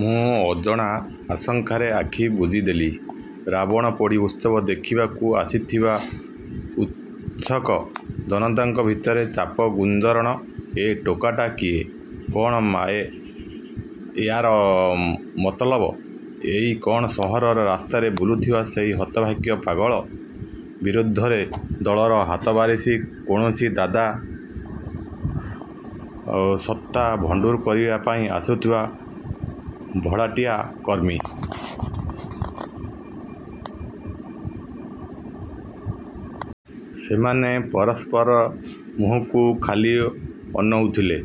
ମୁଁ ଅଜଣା ଆଶଙ୍କାରେ ଆଖି ବୁଜିଦେଲି। ରାବଣପୋଡ଼ି ଉତ୍ସବ ଦେଖିବାକୁ ଆସିଥିବା ଉତ୍ସକ ଜନତାଙ୍କ ଭିତରେ ଚାପ ଗୁଞ୍ଜରଣ–ଏ ଟୋକାଟା କିଏ? କଣ ମାଏ ୟାର ମତଲବ? ଏଇ କଣ ସହରର ରାସ୍ତାରେ ବୁଲୁଥିବା ସେଇ ହତଭାଗ୍ୟ ପାଗଳ? ବିରୋଧରେ ଦଳର ହାତବାରେସି କୌଣସି ଦାଦା? ସତ୍ତା ଭଣ୍ଡୁର କରିବା ପାଇଁ ଆସୁଥିବା ଭଡ଼ାଟିଆ କର୍ମୀ? ସେମାନେ ପରସ୍ପରର ମୁହଁକୁ ଖାଲି ଅନଉଥିଲେ।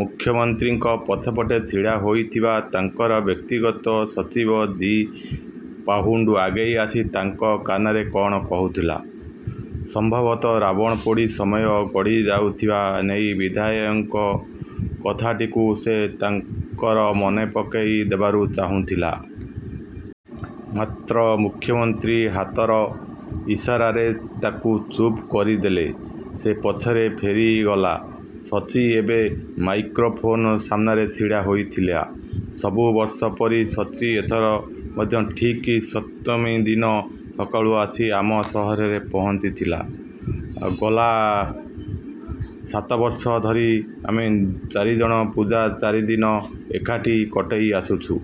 ମୁଖ୍ୟମନ୍ତ୍ରୀଙ୍କ ପଛପଟେ ଛିଡ଼ା ହୋଇଥିବା ତାଙ୍କର ବ୍ୟକ୍ତିଗତ ସଚିବ ଦି ପାହୁଣ୍ଡୁ ଆଗେଇ ଆସି ତାଙ୍କ କାନେରେ କଣ କହୁଥିଲା। ସମ୍ଭବତଃ ରାବଣପୋଡ଼ି ସମୟ ଗଡ଼ିଯାଉଥିବା ନେଇ ବିଧାୟଙ୍କ କଥାଟିକୁ ସେ ତାଙ୍କର ମନେ ପକେଇ ଦେବାରୁ ଚାହୁଁଥିଲା। ମାତ୍ର ମୁଖ୍ୟମନ୍ତ୍ରୀ ହାତର ଇସାରାରେ ତାକୁ ଚୁପ୍ କରିଦେଲେ। ସେ ପଛକୁ ଫେରିଗଲା। ସଚ୍ଚି ଏବେ ମାଇକ୍ରୋଫୋନ ସାମ୍ନାରେ ଛିଡ଼ା ହୋଇଥିଲା। ସବୁ ବର୍ଷ ପରି ସଚ୍ଚି ଏଥର ମଧ୍ୟ ଠିକ୍ ସପ୍ତମୀ ଦିନ ସକାଳୁ ଆସି ଆମ ସହରରେ ପହଞ୍ଚିଥିଲା। ଗଲା ସାତବର୍ଷ ଧରି ଆମେ ଚାରିଜଣ ପୂଜା ଚାରିଦିନ ଏକାଠି କଟେଇ ଆସୁଛୁ।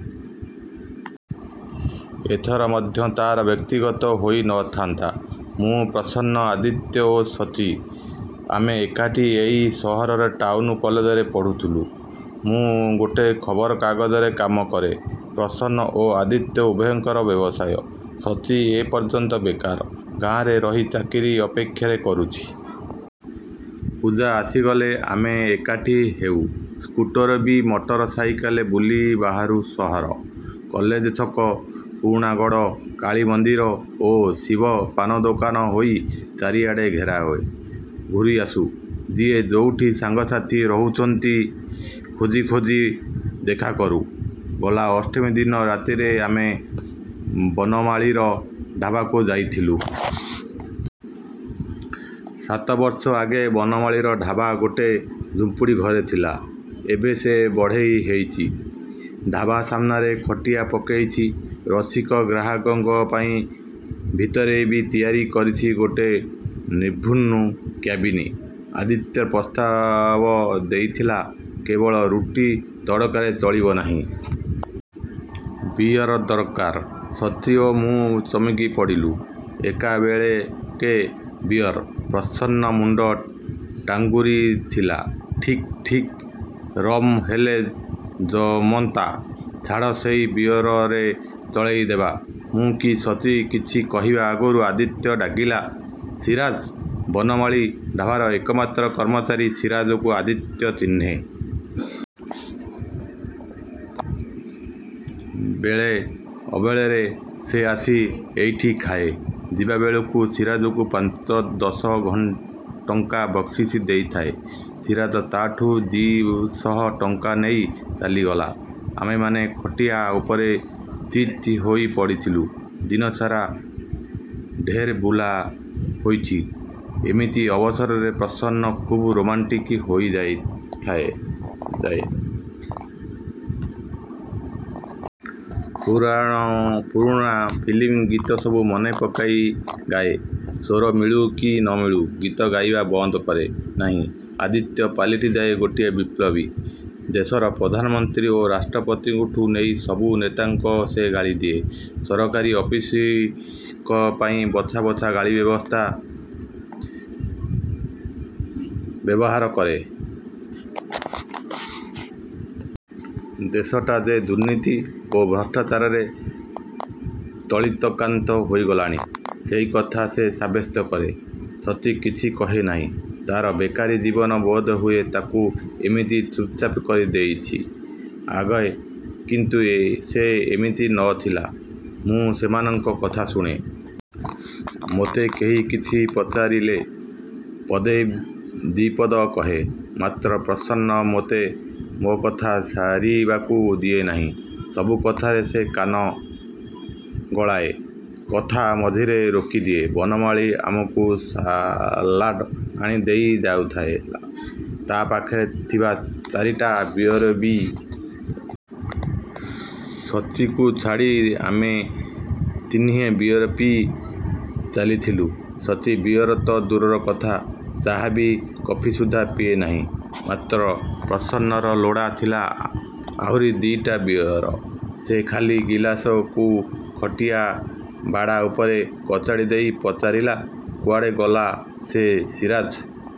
ଏଥର ମଧ୍ୟ ତାର ବ୍ୟତିଗତ ହୋଇ ନଥାନ୍ତା। ମୁଁ, ପ୍ରସନ୍ନ, ଆଦିତ୍ୟ ଓ ସଚ୍ଚି। ଆମେ ଏକାଠି ଏଇ ସହରର ଟାଉନ୍ କଲେଜରେ ପଢ଼ୁଥିଲୁ। ମୁଁ ଗୋଟେ ଖବରକାଗଜରେ କାମ କରେ। ପ୍ରସନ୍ନ ଓ ଆଦିତ୍ୟ ଉଭୟଙ୍କର ବ୍ୟବସାୟ। ସଚ୍ଚି ଏ ପର୍ଯ୍ୟନ୍ତ ବେକାର। ଗାଁରେ ରହି ଚାକିରି ଅପେକ୍ଷାରେ କରୁଛି। ପୂଜା ଆସିଗଲେ ଆମେ ଏକାଠି ହେଉ। ସ୍କୁଟର କି ମଟର ସାଇକେଲରେ ବୁଲି ବାହାରୁ ସହର। କଲେଜ ଛକ, ପୁରୁଣାଗଡ଼, କାଳୀ ମନ୍ଦିର ଓ ଶିବ ପାନଦୋକାନ ହୋଇ ଚାରିଆଡ଼େ ଘେରାଏ ଘୂରିଆସୁ। ଯିଏ ଯୋଉଠି ସାଙ୍ଗସାଥୀ ରହୁଛନ୍ତି ଖୋଜି ଖୋଜି ଦେଖାକରୁ। ଗଲା ଅଷ୍ଟମୀ ଦିନ ରାତିରେ ଆମେ ବନମାଳୀର ଢାବାକୁ ଯାଇଥିଲୁ। ସାତବର୍ଷ ଆଗେ ବନମାଳୀର ଢାବା ଗୋଟେ ଝୁମ୍ପୁଡ଼ି ଘରେ ଥିଲା, ଏବେ ସେ ବଢ଼େଇ ହେଇଛି। ଢାବା ସାମ୍ନାରେ ଖଟିଆ ପକେଇଛି, ରସିକ ଗ୍ରାହକଙ୍କ ପାଇଁ ଭିତରେ ବି ତିଆରି କରିଛି ଗୋଟେ ନିଭୃନୁ କ୍ୟାବିନ। ଆଦିତ୍ୟ ପ୍ରସ୍ତାବ ଦେଇଥିଲା, "କେବଳ ରୁଟି ତଡ଼କାରେ ଚଳିବ ନାହିଁ। ବିଅର ଦରକାର।"ସଚ୍ଚି ଓ ମୁଁ ଚମକି ପଡ଼ିଲୁ। ଏକାବେଳକେ ବିଅର! ପ୍ରସନ୍ନ ମୁଣ୍ଡ ଟାଙ୍ଗୁରିଥିଲା, "ଠିକ୍, ଠିକ୍। ରମ୍ ହେଲେ ଜମନ୍ତା। ଛାଡ଼ ସେଇ ବିଅରରେ ଚଳେଇଦେବା।" ମୁଁ କି ସଚ୍ଚି କିଛି କହିବା ଆଗରୁ ଆଦିତ୍ୟ ଡାକିଲା, "ସିରାଜ୍!"ବନମାଳୀ ଢାବାର ଏକମାତ୍ର କର୍ମଚାରୀ ସିରାଜକୁ ଆଦିତ୍ୟ ଚିହ୍ନେ। ବେଳେ ଅବେଳେରେ ସେ ଆସି ଏଇଠି ଖାଏ। ଯିବାବେଳକୁ ସିରାଜକୁ ପାଞ୍ଚ ଦଶ ଟଙ୍କା ବକ୍ସିସ୍ ଦେଇଥାଏ। ସିରାଜ ତାଠୁଁ ଦି ଶହ ଟଙ୍କା ନେଇ ଚାଲିଗଲା। ଆମେମାନେ ଖଟିଆ ଉପରେ ଚିତ୍ ହୋଇ ପଡ଼ିଥିଲୁ। ଦିନସାରା ଢେର୍ ବୁଲା ହୋଇଛି। ଏମିତି ଅବସରରେ ପ୍ରସନ୍ନ ଖୁବ୍ ରୋମାଣ୍ଟିକ୍ ହୋଇଯାଇ ଥାଏ ଥାଏ । ପୁରାଣ ପୁରୁଣା ଫିଲ୍ମ ଗୀତ ସବୁ ମନେପକାଇ ଗାଏ। ସ୍ୱର ମିଳୁ କି ନମିଳୁ ଗୀତ ଗାଇବା ବନ୍ଦ କରେ ନାହିଁ। ଆଦିତ୍ୟ ପାଲଟିଯାଏ ଗୋଟେ ବିପ୍ଳବୀ। ଦେଶର ପ୍ରଧାନମନ୍ତ୍ରୀ ଓ ରାଷ୍ଟ୍ରପତିଙ୍କଠୁଁ ନେଇ ସବୁ ନେତାଙ୍କ ସେ ଗାଳିଦିଏ। ସରକାରୀ ଅଫିସଙ୍କ ପାଇଁ ବଛା ବଛା ଗାଳି ଵେବସ୍ତା ବ୍ୟବହାର କରେ। ଦେଶଟା ଯେ ଦୁର୍ନୀତି ଓ ଭ୍ରଷ୍ଟାଚାରରେ ତଳିତକାନ୍ତ ହୋଇଗଲାଣି, ସେଇକଥା ସେ ସାବ୍ୟସ୍ତ କରେ। ସଚ୍ଚି କିଛି କହେ ନାଇଁ । ତାର ବେକାରୀ ଜୀବନ ବୋଧହୁଏ ତାକୁ ଏମିତି ଚୁପ୍‌ଚାପ୍ କରି ଦେଇଛି। ଆଗେ କିନ୍ତୁଏ ସେ ଏମିତି ନ ଥିଲା। ମୁଁ ସେମାନଙ୍କ କଥା ଶୁଣେ। ମୋତେ କେହି କିଛି ପଚାରିଲେ ପଦେ ଦି ପଦ କହେ। ମାତ୍ର ପ୍ରସନ୍ନ ମୋତେ ମୋ କଥା ସାରିବାକୁ ଦିଏ ନାହିଁ। ସବୁ କଥାରେ ସେ କାନ ଗଳାଏ। କଥା ମଝିରେ ରୋକିଦିଏ। ବନମାଳୀ ଆମକୁ ସାଲାଡ ଆଣି ଦେଇ ଯାଉଥାଏ। ତା ପାଖରେ ଥିବା ଚାରିଟା ବିଅର ବି। ସଚ୍ଚିକୁ ଛାଡ଼ି ଆମେ ତିନିହେଁ ବିଅର ପିଇ ଚାଲିଥିଲୁ। ସଚ୍ଚି ବିଅର ତ ଦୂରର କଥା, ଚା କି କଫି ସୁଦ୍ଧା ପିଏ ନାହିଁ। ମାତ୍ର ପ୍ରସନ୍ନର ଲୋଡ଼ା ଥିଲା ଆହୁରି ଦିଇଟା ବିଅର। ସେ ଖାଲି ଗିଲାସକୁ ଖଟିଆ ବାଡ଼ା ଉପରେ କଚାଡ଼ି ଦେଇ ପଚାରିଲା, "କୁଆଡ଼େ ଗଲା ସେ ସିରାଜ!"।